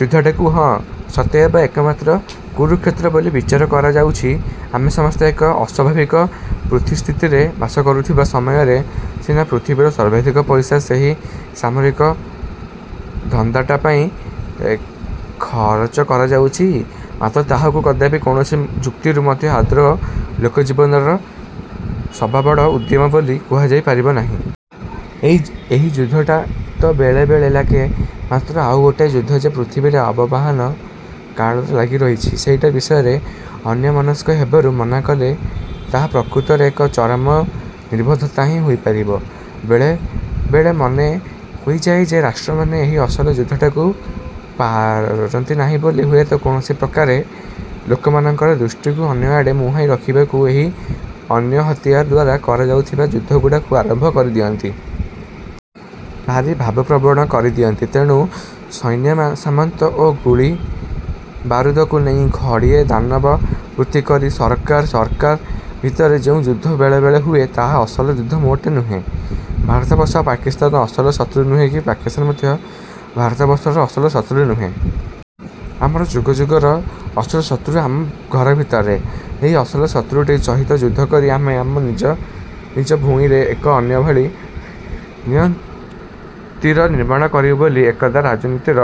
ଯୁଦ୍ଧଟାକୁ ହଁ ସତେଅବା ଏକମାତ୍ର କୁରୁକ୍ଷେତ୍ର ବୋଲି ବିଚାର କରାଯାଉଛି। ଆମେ ସମସ୍ତେ ଏକ ଅସ୍ୱାଭାବିକ ପୃଥ୍ଵୀସ୍ଥିତିରେ ବାସ କରୁଥିବା ସମୟରେ ସିନା ପୃଥିବୀର ସର୍ବାଧିକ ପଇସା ସେହି ସାମରିକ ଧନ୍ଦାଟା ପାଇଁ ଖରଚ କରାଯାଉଛି, ମାତ୍ର ତାହାକୁ କଦାପି କୌଣସି ଯୁକ୍ତିରୁ ମଧ୍ୟ ଆଦୌ ଲୋକଜୀବନର ସବାବଡ଼ ଉଦ୍ୟମ ବୋଲି କୁହାଯାଇ ପାରିବ ନାହିଁ। ଏଇ ଏହି ଯୁଦ୍ଧଟା ତ ବେଳେ ବେଳେ ଲାଗେ। ମାତ୍ର ଆଉଗୋଟାଏ ଯୁଦ୍ଧ ଯେ ପୃଥିବୀରେ ଆବବାହାନ କାଳରୁ ଲାଗିରହିଛି, ସେଇଟା ବିଷୟରେ ଅନ୍ୟମନସ୍କ ହେବାରୁ ମନାକଲେ ତାହା ପ୍ରକୃତରେ ଏକ ଚରମ ନିର୍ବୋଧତା ହିଁ ହୋଇ ରହିବ। ବେଳେ ବେଳେ ମନେ ହୋଇଜାଏ ଯେ, ରାଷ୍ଟ୍ରମାନେ ଏହି ଅସଲ ଯୁଦ୍ଧଟାକୁ ପାରନ୍ତି ନାହିଁ ବୋଲି ହୁଏତ କୌଣସି ପ୍ରକାରେ ଲୋକମାନଙ୍କର ଦୃଷ୍ଟିକୁ ଅନ୍ୟଆଡ଼େ ମୁହାଁଇ ରଖିବାକୁ ଏହି ଅନ୍ୟ ହତିଆର ଦ୍ୱାରା କରାଯାଉଥିବା ଯୁଦ୍ଧଗୁଡ଼ାକୁ ଆରମ୍ଭ କରିଦିଅନ୍ତି। ଭାରି ଭାବପ୍ରବଣ କରିଦିଅନ୍ତି। ତେଣୁ ସୈନ୍ୟସାମନ୍ତ ଓ ଗୁଳିବାରୁଦକୁ ନେଇ ଘଡ଼ିଏ ଦାନବବୃତ୍ତି କରି ସରକାର ସରକାର ଭିତରେ ଯେଉଁ ଯୁଦ୍ଧ ବେଳେବେଳେ ହୁଏ, ତାହା ଅସଲ ଯୁଦ୍ଧ ମୋଟେ ନୁହେଁ। ଭାରତବର୍ଷ ପାକିସ୍ତାନର ଅସଲ ଶତ୍ରୁ ନୁହେଁ କି ପାକିସ୍ତାନ ମଧ୍ୟ ଭାରତବର୍ଷର ଅସଲ ଶତ୍ରୁ ନୁହେଁ। ଆମର ଯୁଗ ଯୁଗର ଅସଲ ଶତ୍ରୁ ଆମ ଘରଭିତରେ। ଏହି ଅସଲ ଶତ୍ରୁଟି ସହିତ ଯୁଦ୍ଧ କରି ଆମେ ଆମ ନିଜ ନିଜ ଭୂଇଁରେ ଏକ ଅନ୍ୟଭଳି ନିୟତିର ନିର୍ମାଣ କରିବୁ ବୋଲି ଏକଦା ରାଜନୀତିକ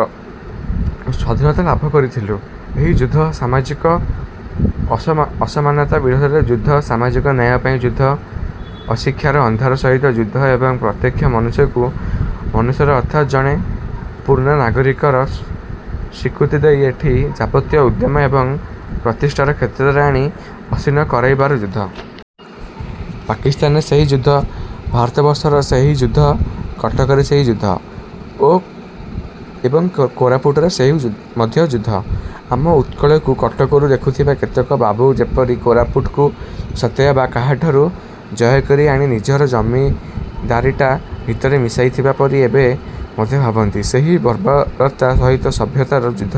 ସ୍ୱାଧୀନତା ଲାଭ କରିଥିଲୁ। ଏହି ଯୁଦ୍ଧ ସାମାଜିକ ଅସମାନତା ବିରୋଧରେ ଯୁଦ୍ଧ, ସାମାଜିକ ନ୍ୟାୟ ପାଇଁ ଯୁଦ୍ଧ, ଅଶିକ୍ଷାର ଅନ୍ଧାର ସହିତ ଯୁଦ୍ଧ ଏବଂ ପ୍ରତ୍ୟେକ ମନୁଷ୍ୟକୁ ମନୁଷ୍ୟର ଅର୍ଥାତ୍ ଜଣେ ପୂର୍ଣ୍ଣ ନାଗରିକର ସ୍ୱୀକୃତି ଦେଇ ଏଠି ଯାବତୀୟ ଉଦ୍ୟମ ଏବଂ ପ୍ରତିଷ୍ଠାର କ୍ଷେତ୍ରରେ ଆଣି ଆସୀନ କରାଇବାର ଯୁଦ୍ଧ। ପାକିସ୍ତାନରେ ସେଇ ଯୁଦ୍ଧ, ଭାରତବର୍ଷର ସେଇ ଯୁଦ୍ଧ। କଟକରେ ସେଇ ଯୁଦ୍ଧ ଓ ଏବଂ କୋରାପୁଟରେ ସେହି ମଧ୍ୟ ଯୁଦ୍ଧ। ଆମ ଉତ୍କଳକୁ କଟକରୁ ଦେଖୁଥିବା କେତେକ ବାବୁ ଯେପରି କୋରାପୁଟକୁ ସତେଅବା କାହାଠାରୁ ଜୟକରି ଆଣି ନିଜର ଜମିଦାରୀଟା ଭିତରେ ମିଶାଇଥିବା ପରି ଏବେ ମଧ୍ୟ ଭାବନ୍ତି, ସେହି ବର୍ବରତା ସହିତ ସଭ୍ୟତାର ଯୁଦ୍ଧ,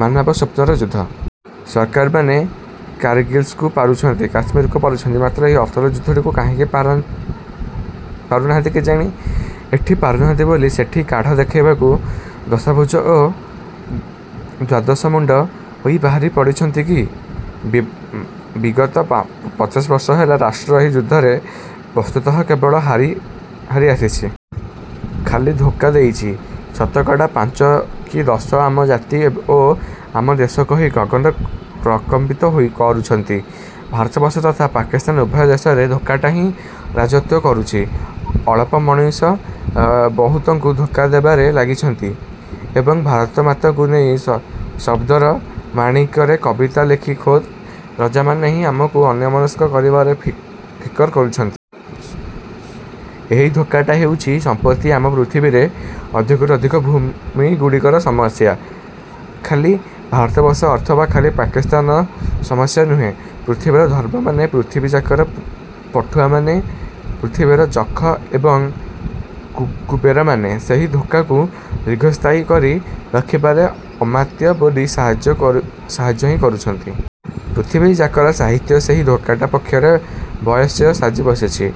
ମାନବସ୍ୱପ୍ନର ଯୁଦ୍ଧ। ସରକାରମାନେ କାରଗିଲ୍କୁ ପାରୁଛନ୍ତି, କାଶ୍ମୀରକୁ ପାରୁଛନ୍ତି, ମାତ୍ର ଏହି ଅସଲ ଯୁଦ୍ଧଟିକୁ କାହିଁକି ପାରୁନାହାନ୍ତି କେଜାଣି? ଏଠି ପାରୁନାହାନ୍ତି ବୋଲି ସେଠି କାଢ଼ ଦେଖାଇବାକୁ ଦଶଭୁଜ ଓ ଦ୍ଵାଦଶମୁଣ୍ଡ ହୋଇ ବାହାରି ପଡୁଛନ୍ତି କି? ବିଗତ ପଚାଶ ବର୍ଷ ହେଲା ରାଷ୍ଟ୍ର ଏହି ଯୁଦ୍ଧରେ ବସ୍ତୁତଃ କେବଳ ହାରି ହାରି ଆସିଛି। ଖାଲି ଧୋକା ଦେଇଛି। ଶତକଡ଼ା ପାଞ୍ଚ କି ଦଶ ଆମ ଜାତି ଏବ ଓ ଆମ ଦେଶ କହି ଗଗନ ପ୍ରକମ୍ପିତ ହୋଇ କରୁଛନ୍ତି। ଭାରତବର୍ଷ ତଥା ପାକିସ୍ତାନ ଉଭୟ ଦେଶରେ ଧୋକାଟା ହିଁ ରାଜତ୍ୱ କରୁଛି। ଅଳପ ମଣିଷ ବହୁତଙ୍କୁ ଧୋକା ଦେବାରେ ଲାଗିଛନ୍ତି ଏବଂ ଭାରତମାତାଙ୍କୁ ନେଇ ଶବ୍ଦର ମାଣିକ୍ୟରେ କବିତା ଲେଖି ଖୋଦ୍ ରଜାମାନେ ହିଁ ଆମକୁ ଅନ୍ୟମନସ୍କ କରିବାରେ ଫିକର କରୁଛନ୍ତି। ଏହି ଧୋକାଟା ହେଉଛି ସମ୍ପ୍ରତି ଆମ ପୃଥିବୀରେ ଅଧିକରୁ ଅଧିକ ଭୂମି ଗୁଡ଼ିକର ସମସ୍ୟା। ଖାଲି ଭାରତବର୍ଷ ଅଥବା ଖାଲି ପାକିସ୍ତାନର ସମସ୍ୟା ନୁହେଁ। ପୃଥିବୀର ଧର୍ମମାନେ, ପୃଥିବୀଯାକର ପଠୁଆମାନେ, ପୃଥିବୀର ଯଖ ଏବଂ କୁବେରମାନେ ସେହି ଧୋକାକୁ ଦୀର୍ଘସ୍ଥାୟୀ କରି ରଖିବାରେ ଅମାତ୍ୟ ବନି ସାହାଯ୍ୟ କରୁ ସାହାଯ୍ୟ ହିଁ କରୁଛନ୍ତି। ପୃଥିବୀଯାକର ସାହିତ୍ୟ ସେହି ଧୋକାଟା ପକ୍ଷରେ ବୟସ୍ୟ ସାଜି ବସିଛି।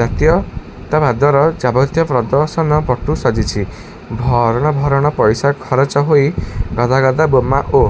ଜାତୀୟତାବାଦର ଯାବତୀୟ ପ୍ରଦର୍ଶନ ବଟୁ ସାଜିଛି। ଭରଣ ଭରଣ ପଇସା ଖରଚ ହୋଇ ଗଦା ଗଦା ବୋମା ଓ